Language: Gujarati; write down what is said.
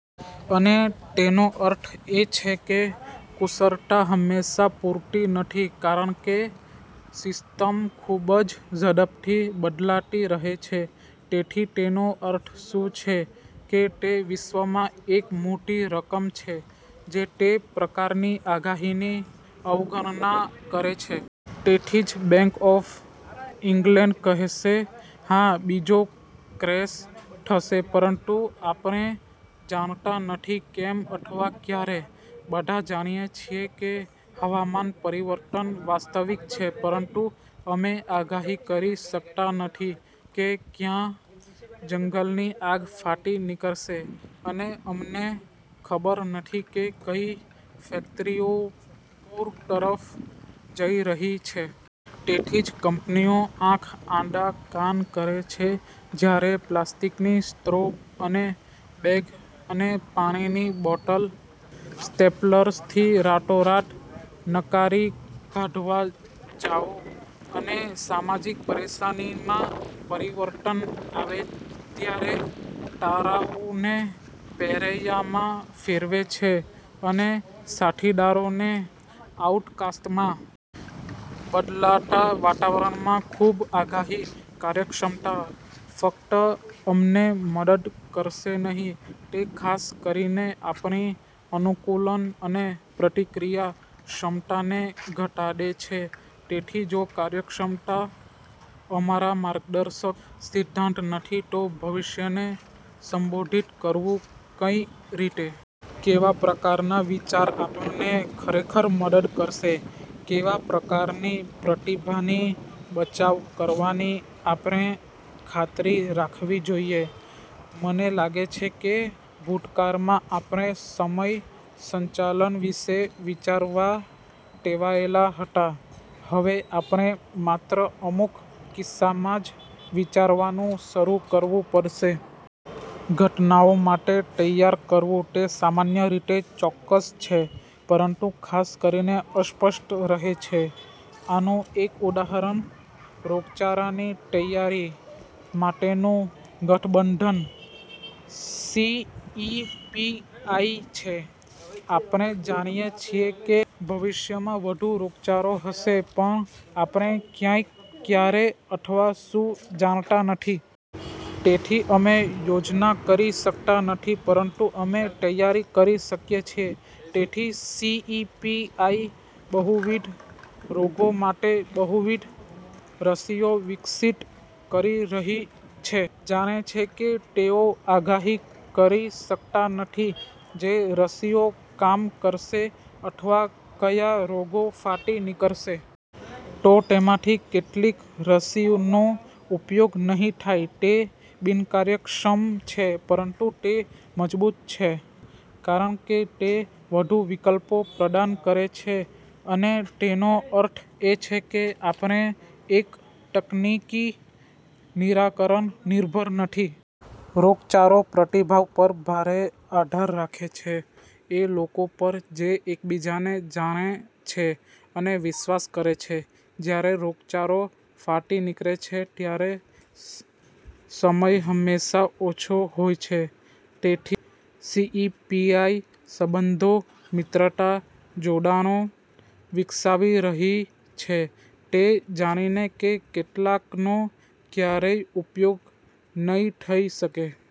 અને તેનો અર્થ એ છે કે કુશળતા હંમેશાં પૂરતી નથી કારણ કે સિસ્ટમ ખૂબ જ ઝડપથી બદલાતી રહે છે. તેથી તેનો અર્થ શું છે કે તે વિશ્વમાં એક મોટી રકમ છે જે તે પ્રકારની આગાહીની અવગણના કરે છે. તેથી જ બેંક ઓફ ઇંગ્લેંડ કહેશે, "હા, બીજો ક્રેશ થશે પરંતુ આપણે જાણતા નથી કેમ અથવા ક્યારે." બધા જાણીએ છીએ કે હવામાન પરિવર્તન વાસ્તવિક છે પરંતુ અમે આગાહી કરી શકતા નથી કે ક્યાં જંગલની આગ ફાટી નીકળશે અને અમને ખબર નથી કે કઈ ફેકટરીઓ પૂર તરફ જઈ રહી છે. તેથી જ કંપનીઓ આંખ આડા કાન કરે છે જ્યારે પ્લાસ્ટિકની સ્ટ્રો અને બેગ અને પાણીની બૉટલ સ્ટેપલ્સથી રાતોરાત નકારી કાઢવા જાઓ અને સામાજિક પરેશાનીમાં પરિવર્તન આવે ત્યારે તારાઓને પેરૈયામાં ફેરવે છે અને સાથીદારોને આઉટકાસ્ટમાં. બદલાતા વાતાવરણમાં ખૂબ આગાહી, કાર્યક્ષમતા ફક્ત અમને મદદ કરશે નહીં, તે ખાસ કરીને આપણી અનુકૂલન અને પ્રતિક્રિયા ક્ષમતાને ઘટાડે છે. તેથી જો કાર્યક્ષમતા અમારા માર્ગદર્શક સિદ્ધાંત નથી તો ભવિષ્યને સંબોધિત કરવું કઈ રીતે? કેવાં પ્રકારના વિચાર આપણને ખરેખર મદદ કરશે? કેવા પ્રકારની પ્રતિભાની બચાવ કરવાની આપણે ખાતરી રાખવી જોઈએ? મને લાગે છે કે ભૂતકાળમાં આપણે સમય સંચાલન વિશે વિચારવાં ટેવાયેલા હતા. હવે આપણે માત્ર અમુક કિસ્સામાં જ વિચારવાનું શરૂ કરવું પડશે. ઘટનાઓ માટે તૈયાર કરવું તે સામાન્ય રીતે ચોક્કસ છે પરંતુ ખાસ કરીને અસ્પષ્ટ રહે છે. આનું એક ઉદાહરણ, રોગચાળાની તૈયારી માટેનું ગઠબંધન સી.ઈ.પી.આઈ છે. આપણે જાણીએ છીએ કે ભવિષ્યમાં વધુ રોગચાળો હશે પણ આપણે ક્યાં, ક્યારે અથવા શું જાણતા નથી. તેથી અમે યોજના કરી શકતા નથી પરંતુ અમે તૈયાર કરી શકીએ છીએ. તેથી સી.ઈ.પી.આઈ બહુવિધ રોગો માટે બહુવિધ રસીઓ વિકસિત કરી રહી છે. જાણે છે કે તેઓ આગાહી કરી શકતા નથી જે રસીઓ કામ કરશે અથવા કયા રોગો ફાટી નીકળશે. તો તેમાંથી કેટલીક રસીનો ઉપયોગ નહીં થાય. તે બિનકાર્યક્ષમ છે પરંતુ તે મજબૂત છે કારણ કે તે વધુ વિકલ્પો પ્રદાન કરે છે અને તેનો અર્થ એ છે કે આપણે એક તકનીકી નિરાકરણ નિર્ભર નથી. રોગચાળો પ્રતિભાવ પર ભારે આધાર રાખે છે એ લોકો પર જે એકબીજાને જાણે છે અને વિશ્વાસ કરે છે. જ્યારે રોગચાળો ફાટી નીકળે છે ત્યારે સમય હંમેશા ઓછો હોય છે. તેથી સી.ઈ.પી.આઈ સંબંધો, મિત્રતા, જોડાણો વિકસાવી રહી છે તે જાણીને કે કેટલાકનો ક્યારેય ઉપયોગ નઈ થઈ શકે.